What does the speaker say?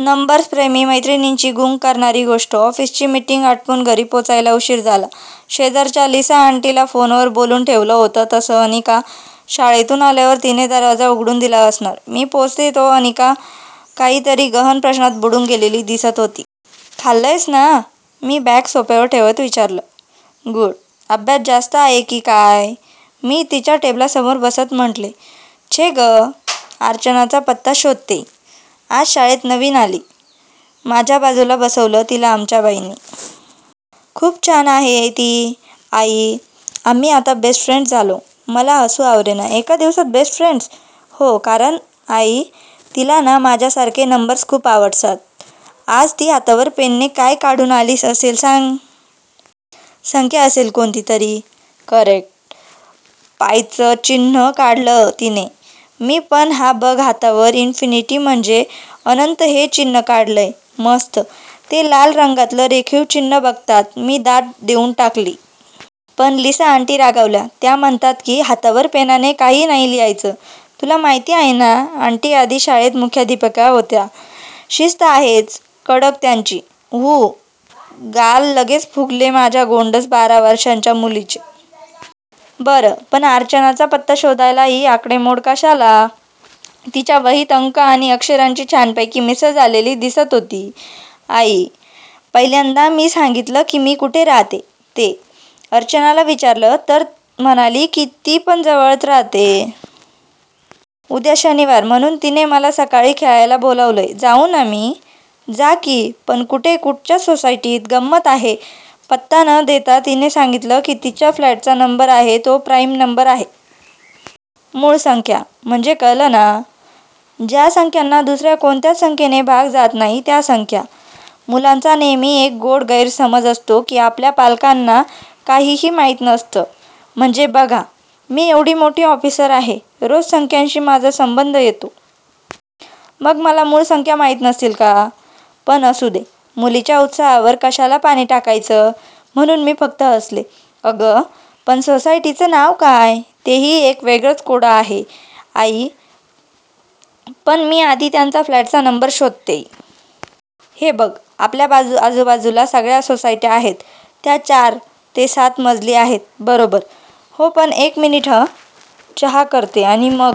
'Numbers' प्रेमी मैत्रिणींची गुंग करणारी गोष्ट! ऑफिसची मीटिंग आटपून घरी पोचायला उशीर झाला. शेजारच्या लिसाआंटीला फोनवर बोलून ठेवलं होतं तसं. अनिका शाळेतून आल्यावर तिने दरवाजा उघडून दिला असणार. मी पोचते तो अनिका काहीतरी गहन प्रश्नात बुडून गेलेली दिसत होती. "खाल्लंयस ना? " मी बॅग सोफ्यावर ठेवत विचारलं. "गुड. अभ्यास जास्त आहे की काय? " मी तिच्या टेबलासमोर बसत म्हटलं. "छे गं! अर्चनाचा पत्ता शोधत्येय! " "आज शाळेत नवीन आली. माझ्या बाजूला बसवलं तिला आमच्या बाईंनी. खूप छान आहे ती, आई. आम्ही आता बेस्ट फ्रेंडस झालो! " मला हसू आवरेना. "एका दिवसात बेस्ट फ्रेंडस? " "हो. कारण आई, तिला ना माझ्यासारखे नंबर्स खूप आवडतात. आज ती हातावर पेनने काय काढून आली असेल सांग? "संख्या असेल कोणती तरी! " "करेक्ट! पायचं चिन्ह काढलं तिने. मी पण हा बघ हातावर इन्फीनिटी म्हणजे अनंत हे चिन्ह काढलंय. " "मस्त! " ते लाल रंगातलं रेखीव चिन्ह बघताच मी दाद देऊन टाकली. "पण लिसाआंटी रागावल्या. त्या म्हणतात की, हातावर पेनाने काही नाही लिहायचं. " "तुला माहीत आहे ना, आंटी आधी शाळेत मुख्याध्यापिका होत्या. शिस्त आहेच कडक त्यांची. " "हूं. " गाल लगेच फुगले माझ्या गोंडस बारा वर्षांच्या मुलीचे. "बरं, पण अर्चनाचा पत्ता शोधायला ही आकडेमोड कशाला? " तिच्या वहीत अंक आणि अक्षरांची छानपैकी मिसळ झालेली दिसत होती. "आई, पहिल्यांदा मी सांगितलं की मी कुठे राहते ते. अर्चनाला विचारलं, तर म्हणाली की ती पण जवळच राहते. उद्या शनिवार म्हणून तिने मला सकाळी खेळायला बोलावलंय. जाऊ ना मी? " "जा की. पण कुठे? कुठच्या सोसायटीत? " "गंमत आहे. पत्ता न देता तिने सांगितलं की तिच्या फ्लॅटचा नंबर आहे तो प्राइम नंबर आहे. मूळ संख्या. म्हणजे कळलं ना? ज्या संख्यांना दुसर्या कोणत्याच संख्येने भाग जात नाही त्या संख्या. " मुलांचा नेहमी एक गोड गैरसमज असतो की आपल्या पालकांना काहीही माहीत नसतं. म्हणजे बघा, मी एवढी मोठी ऑफिसर आहे, रोज संख्यांशी माझा संबंध येतो. मग मला मूळ संख्या माहीत नसतील का? पण असू दे. मुलीच्या उत्साहावर कशाला पाणी टाकायचं, म्हणून मी फक्त हसले. "अगं, पण सोसायटीचं नाव काय? " "तेही एक वेगळंच कोडं आहे, आई. पण मी आधी त्यांच्या फ्लॅटचा नंबर शोधत्येय. हे बघ आपल्या आजूबाजूला सगळया सोसायट्या आहेत त्या चार ते सात मजली आहेत. बरोबर? " "हो, पण एक मिनिट हं. चहा करते, आणि मग